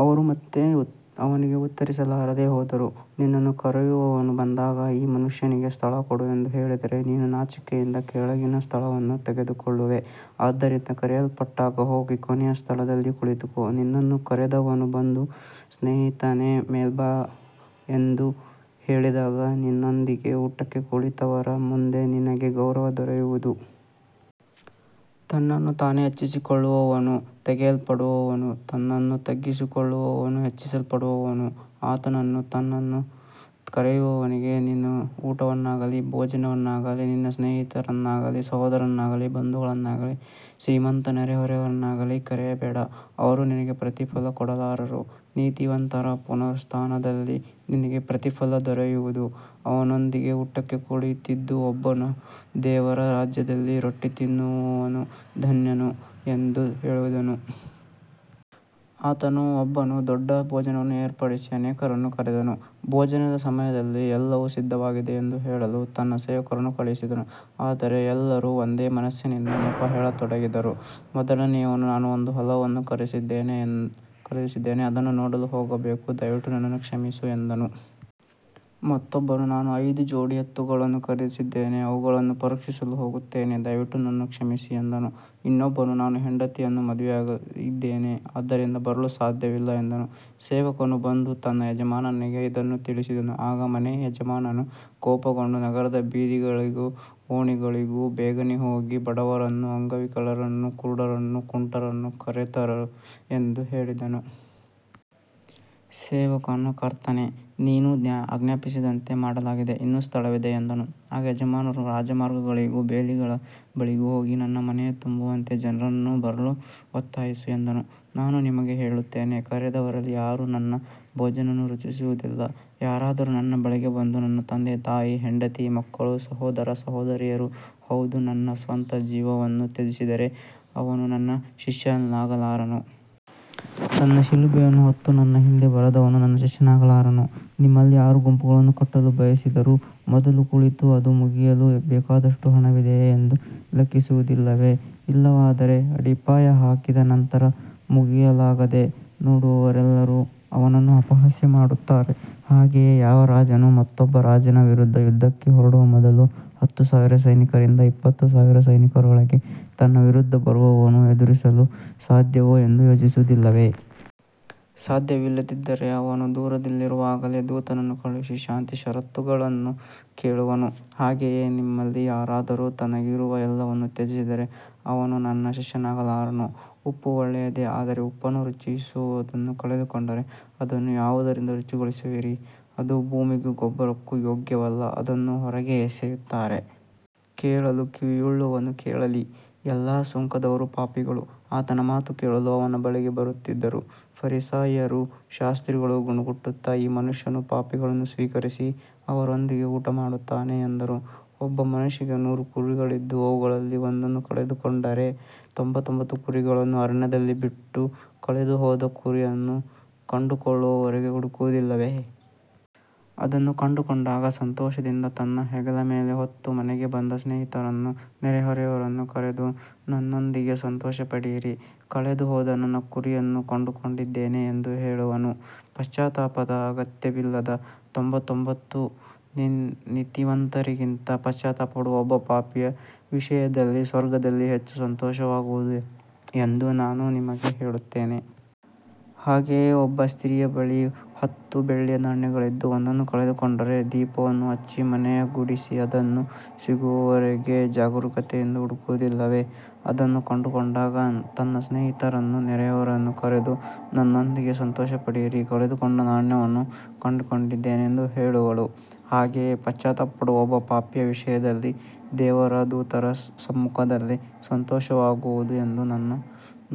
ಅವರು ಮತ್ತೆ ಅವನಿಗೆ ಉತ್ತರಿಸಲಾರದೆ ಹೋದರು. ನಿನ್ನನ್ನು ಕರೆದವನೂ ಬಂದಾಗ, ಈ ಮನುಷ್ಯನಿಗೆ ಸ್ಥಳ ಕೊಡು ಎಂದು ಹೇಳಿದರೆ, ನೀನು ನಾಚಿಕೆಯಿಂದ ಕೆಳಗಿನ ಸ್ಥಳವನ್ನು ತೆಗೆದುಕೊಳ್ಳುವೆ. ಆದ್ದರಿಂದ ಕರೆಯಲ್ಪಟ್ಟಾಗ ಹೋಗಿ ಕೊನೆಯ ಸ್ಥಳದಲ್ಲಿ ಕುಳಿತುಕೋ. ನಿನ್ನನ್ನು ಕರೆದವನು ಬಂದು, ಸ್ನೇಹಿತನೇ, ಮೇಲಕ್ಕೆ ಬಾ ಎಂದು ಹೇಳಿದಾಗ, ನಿನ್ನೊಂದಿಗೆ ಊಟಕ್ಕೆ ಕುಳಿತವರ ಮುಂದೆ ನಿನಗೆ ಗೌರವ ದೊರೆಯುವುದು. ತನ್ನನ್ನು ತಾನೇ ಹೆಚ್ಚಿಸಿಕೊಳ್ಳುವವನು ತಗ್ಗಿಸಲ್ಪಡುವನು, ತನ್ನನ್ನು ತಗ್ಗಿಸಿಕೊಳ್ಳುವವನು ಹೆಚ್ಚಿಸಲ್ಪಡುವನು. ಆತನು ತನ್ನನ್ನು ಕರೆದವನಿಗೆ, ನೀನು ಊಟವನ್ನಾಗಲಿ ಭೋಜನವನ್ನಾಗಲಿ ನಿನ್ನ ಸ್ನೇಹಿತರನ್ನಾಗಲಿ ಸಹೋದರರನ್ನಾಗಲಿ ಬಂಧುಗಳನ್ನಾಗಲಿ ಶ್ರೀಮಂತ ನೆರೆಹೊರೆಯವರನ್ನಾಗಲಿ ಕರೆಯಬೇಡ. ಅವರು ನಿನಗೆ ಪ್ರತಿಫಲ ಕೊಡಲಾರರು. ನೀತಿವಂತರ ಪುನರುತ್ಥಾನದಲ್ಲಿ ನಿನಗೆ ಪ್ರತಿಫಲ ದೊರೆಯುವುದು. ಅವನೊಂದಿಗೆ ಊಟಕ್ಕೆ ಕುಳಿತಿದ್ದ ಒಬ್ಬನು, ದೇವರ ರಾಜ್ಯದಲ್ಲಿ ರೊಟ್ಟಿ ತಿನ್ನುವವನು ಧನ್ಯನು ಎಂದು ಹೇಳಿದನು. ಆತನು, ಒಬ್ಬನು ದೊಡ್ಡ ಭೋಜನವನ್ನು ಏರ್ಪಡಿಸಿ ಅನೇಕರನ್ನು ಕರೆದನು. ಭೋಜನದ ಸಮಯದಲ್ಲಿ ಎಲ್ಲವೂ ಸಿದ್ಧವಾಗಿದೆ ಎಂದು ಹೇಳಲು ತನ್ನ ಸೇವಕನನ್ನು ಕಳುಹಿಸಿದನು. ಆದರೆ ಎಲ್ಲರೂ ಒಂದೇ ಮನಸ್ಸಿನಿಂದ ನೆಪ ಹೇಳತೊಡಗಿದರು. ಮೊದಲನೆಯವನು, ನಾನು ಒಂದು ಹೊಲವನ್ನು ಖರೀದಿಸಿದ್ದೇನೆ, ಅದನ್ನು ನೋಡಲು ಹೋಗಬೇಕು, ದಯವಿಟ್ಟು ನನ್ನನ್ನು ಕ್ಷಮಿಸು ಎಂದನು. ಮತ್ತೊಬ್ಬನು, ನಾನು ಐದು ಜೋಡಿ ಎತ್ತುಗಳನ್ನು ಖರೀದಿಸಿದ್ದೇನೆ, ಅವುಗಳನ್ನು ಪರೀಕ್ಷಿಸಲು ಹೋಗುತ್ತೇನೆ, ದಯವಿಟ್ಟು ನನ್ನನ್ನು ಕ್ಷಮಿಸು ಎಂದನು. ಇನ್ನೊಬ್ಬನು, ನಾನು ಹೆಂಡತಿಯನ್ನು ಮದುವೆಯಾಗಿದ್ದೇನೆ, ಆದ್ದರಿಂದ ಬರಲು ಸಾಧ್ಯವಿಲ್ಲ ಎಂದನು. ಸೇವಕನು ಬಂದು ತನ್ನ ಯಜಮಾನನಿಗೆ ಇದನ್ನು ತಿಳಿಸಿದನು. ಆಗ ಮನೆಯ ಯಜಮಾನನು ಕೋಪಗೊಂಡು, ನಗರದ ಬೀದಿಗಳಿಗೂ ಓಣಿಗಳಿಗೂ ಬೇಗನೆ ಹೋಗಿ ಬಡವರನ್ನೂ ಅಂಗವಿಕಲರನ್ನೂ ಕುರುಡರನ್ನೂ ಕುಂಟರನ್ನೂ ಕರೆತರು ಎಂದು ಹೇಳಿದನು. ಸೇವಕನು, ಕರ್ತನೇ, ನೀನು ಆಜ್ಞಾಪಿಸಿದಂತೆ ಮಾಡಲಾಗಿದೆ, ಇನ್ನೂ ಸ್ಥಳವಿದೆ ಎಂದನು. ಆಗ ಯಜಮಾನನು, ರಾಜಮಾರ್ಗಗಳಿಗೂ ಬೇಲಿಗಳ ಬಳಿಗೂ ಹೋಗಿ ನನ್ನ ಮನೆ ತುಂಬುವಂತೆ ಜನರನ್ನು ಒಳಗೆ ಬರಲು ಒತ್ತಾಯಿಸು ಎಂದನು. ನಾನು ನಿಮಗೆ ಹೇಳುತ್ತೇನೆ, ಕರೆದವರಲ್ಲಿ ಯಾರೂ ನನ್ನ ಭೋಜನವನ್ನು ರುಚಿಸುವುದಿಲ್ಲ. ಯಾರಾದರೂ ನನ್ನ ಬಳಿಗೆ ಬಂದು ತನ್ನ ತಂದೆ ತಾಯಿ, ಹೆಂಡತಿ ಮಕ್ಕಳು, ಸಹೋದರ ಸಹೋದರಿಯರು, ಹೌದು, ತನ್ನ ಸ್ವಂತ ಜೀವವನ್ನೂ ತ್ಯಜಿಸದಿದ್ದರೆ ಅವನು ನನ್ನ ಶಿಷ್ಯನಾಗಲಾರನು. ತನ್ನ ಶಿಲುಬೆಯನ್ನು ಹೊತ್ತು ನನ್ನ ಹಿಂದೆ ಬರದವನು ನನ್ನ ಶಿಷ್ಯನಾಗಲಾರನು. ನಿಮ್ಮಲ್ಲಿ ಯಾರು ಗೋಪುರವನ್ನು ಕಟ್ಟಲು ಬಯಸಿದರೂ ಮೊದಲು ಕುಳಿತು ಅದು ಮುಗಿಸಲು ಬೇಕಾದಷ್ಟು ಹಣವಿದೆಯೇ ಎಂದು ಲೆಕ್ಕಿಸುವುದಿಲ್ಲವೇ? ಇಲ್ಲವಾದರೆ ಅಡಿಪಾಯ ಹಾಕಿದ ನಂತರ ಮುಗಿಸಲಾಗದೆ, ನೋಡುವವರೆಲ್ಲರೂ ಅವನನ್ನು ಅಪಹಾಸ್ಯ ಮಾಡುತ್ತಾರೆ. ಹಾಗೆಯೇ ಯಾವ ರಾಜನಾದರೂ ಮತ್ತೊಬ್ಬ ರಾಜನ ವಿರುದ್ಧ ಯುದ್ಧಕ್ಕೆ ಹೊರಡುವ ಮೊದಲು, ಹತ್ತು ಸಾವಿರ ಸೈನಿಕರಿಂದ ಇಪ್ಪತ್ತು ಸಾವಿರ ಸೈನಿಕರೊಂದಿಗೆ ತನ್ನ ವಿರುದ್ಧ ಬರುವವನನ್ನು ಎದುರಿಸಲು ಸಾಧ್ಯವೋ ಎಂದು ಯೋಚಿಸುವುದಿಲ್ಲವೇ? ಸಾಧ್ಯವಿಲ್ಲದಿದ್ದರೆ ಅವನು ದೂರದಲ್ಲಿರುವಾಗಲೇ ದೂತನನ್ನು ಕಳುಹಿಸಿ ಶಾಂತಿಯ ಷರತ್ತುಗಳನ್ನು ಕೇಳುವನು. ಹಾಗೆಯೇ ನಿಮ್ಮಲ್ಲಿ ಯಾರಾದರೂ ತನಗಿರುವ ಎಲ್ಲವನ್ನೂ ತ್ಯಜಿಸದಿದ್ದರೆ ಅವನು ನನ್ನ ಶಿಷ್ಯನಾಗಲಾರನು. ಉಪ್ಪು ಒಳ್ಳೆಯದೇ, ಆದರೆ ಉಪ್ಪು ತನ್ನ ರುಚಿಯನ್ನು ಕಳೆದುಕೊಂಡರೆ ಅದನ್ನು ಯಾವುದರಿಂದ ರುಚಿಗೊಳಿಸುವಿರಿ? ಅದು ಭೂಮಿಗೂ ಗೊಬ್ಬರಕ್ಕೂ ಯೋಗ್ಯವಲ್ಲ, ಅದನ್ನು ಹೊರಗೆ ಎಸೆಯುತ್ತಾರೆ. ಕೇಳಲು ಕಿವಿಯುಳ್ಳವನು ಕೇಳಲಿ. ಎಲ್ಲಾ ಸುಂಕದವರೂ ಪಾಪಿಗಳೂ ಆತನ ಮಾತು ಕೇಳಲು ಅವನ ಬಳಿಗೆ ಬರುತ್ತಿದ್ದರು. ಫರಿಸಾಯರೂ ಶಾಸ್ತ್ರಿಗಳೂ ಗುಣುಗುಟ್ಟುತ್ತಾ, ಈ ಮನುಷ್ಯನು ಪಾಪಿಗಳನ್ನು ಸ್ವೀಕರಿಸಿ ಅವರೊಂದಿಗೆ ಊಟಮಾಡುತ್ತಾನೆ ಎಂದರು. ಒಬ್ಬ ಮನುಷ್ಯನಿಗೆ ನೂರು ಕುರಿಗಳಿದ್ದು ಅವುಗಳಲ್ಲಿ ಒಂದನ್ನು ಕಳೆದುಕೊಂಡರೆ, ತೊಂಬತ್ತೊಂಬತ್ತು ಕುರಿಗಳನ್ನು ಅರಣ್ಯದಲ್ಲಿ ಬಿಟ್ಟು ಕಳೆದುಹೋದ ಕುರಿಯನ್ನು ಕಂಡುಕೊಳ್ಳುವವರೆಗೆ ಹುಡುಕುವುದಿಲ್ಲವೇ? ಅದನ್ನು ಕಂಡುಕೊಂಡಾಗ ಸಂತೋಷದಿಂದ ತನ್ನ ಹೆಗಲ ಮೇಲೆ ಹೊತ್ತು ಮನೆಗೆ ಬಂದು ಸ್ನೇಹಿತರನ್ನೂ ನೆರೆಹೊರೆಯವರನ್ನೂ ಕರೆದು, ನನ್ನೊಂದಿಗೆ ಸಂತೋಷಪಡಿರಿ, ಕಳೆದುಹೋದ ನನ್ನ ಕುರಿಯನ್ನು ಕಂಡುಕೊಂಡಿದ್ದೇನೆ ಎಂದು ಹೇಳುವನು. ಪಶ್ಚಾತ್ತಾಪದ ಅಗತ್ಯವಿಲ್ಲದ ತೊಂಬತ್ತೊಂಬತ್ತು ನೀತಿವಂತರಿಗಿಂತ ಪಶ್ಚಾತ್ತಾಪಪಡುವ ಒಬ್ಬ ಪಾಪಿಯ ವಿಷಯದಲ್ಲಿ ಸ್ವರ್ಗದಲ್ಲಿ ಹೆಚ್ಚು ಸಂತೋಷವಾಗುವುದು ಎಂದು ನಾನು ನಿಮಗೆ ಹೇಳುತ್ತೇನೆ. ಹಾಗೆಯೇ ಒಬ್ಬ ಸ್ತ್ರೀಯ ಬಳಿ ಹತ್ತು ಬೆಳ್ಳಿಯ ನಾಣ್ಯಗಳಿದ್ದು ಒಂದನ್ನು ಕಳೆದುಕೊಂಡರೆ, ದೀಪವನ್ನು ಹಚ್ಚಿ ಮನೆಯನ್ನು ಗುಡಿಸಿ ಅದು ಸಿಗುವವರೆಗೆ ಜಾಗರೂಕತೆಯಿಂದ ಹುಡುಕುವುದಿಲ್ಲವೇ? ಅದನ್ನು ಕಂಡುಕೊಂಡಾಗ ತನ್ನ ಸ್ನೇಹಿತರನ್ನೂ ನೆರೆಹೊರೆಯವರನ್ನೂ ಕರೆದು, ನನ್ನೊಂದಿಗೆ ಸಂತೋಷಪಡಿರಿ, ಕಳೆದುಕೊಂಡ ನಾಣ್ಯವನ್ನು ಕಂಡುಕೊಂಡಿದ್ದೇನೆ ಎಂದು ಹೇಳುವಳು. ಹಾಗೆಯೇ ಪಶ್ಚಾತ್ತಾಪಪಡುವ ಒಬ್ಬ ಪಾಪಿಯ ವಿಷಯದಲ್ಲಿ ದೇವರ ದೂತರ ಸಮ್ಮುಖದಲ್ಲಿ ಸಂತೋಷವಾಗುವುದು ಎಂದು ನಾನು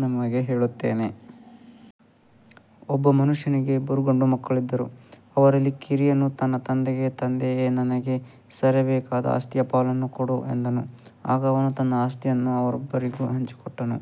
ನಿಮಗೆ ಹೇಳುತ್ತೇನೆ. ಒಬ್ಬ ಮನುಷ್ಯನಿಗೆ ಇಬ್ಬರು ಗಂಡುಮಕ್ಕಳಿದ್ದರು. ಅವರಲ್ಲಿ ಕಿರಿಯನು ತನ್ನ ತಂದೆಗೆ, ತಂದೆಯೇ, ನನಗೆ ಸೇರಬೇಕಾದ ಆಸ್ತಿಯ ಪಾಲನ್ನು ಕೊಡು ಎಂದನು. ಆಗ ಅವನು ತನ್ನ ಆಸ್ತಿಯನ್ನು ಅವರಿಬ್ಬರಿಗೂ ಹಂಚಿಕೊಟ್ಟನು.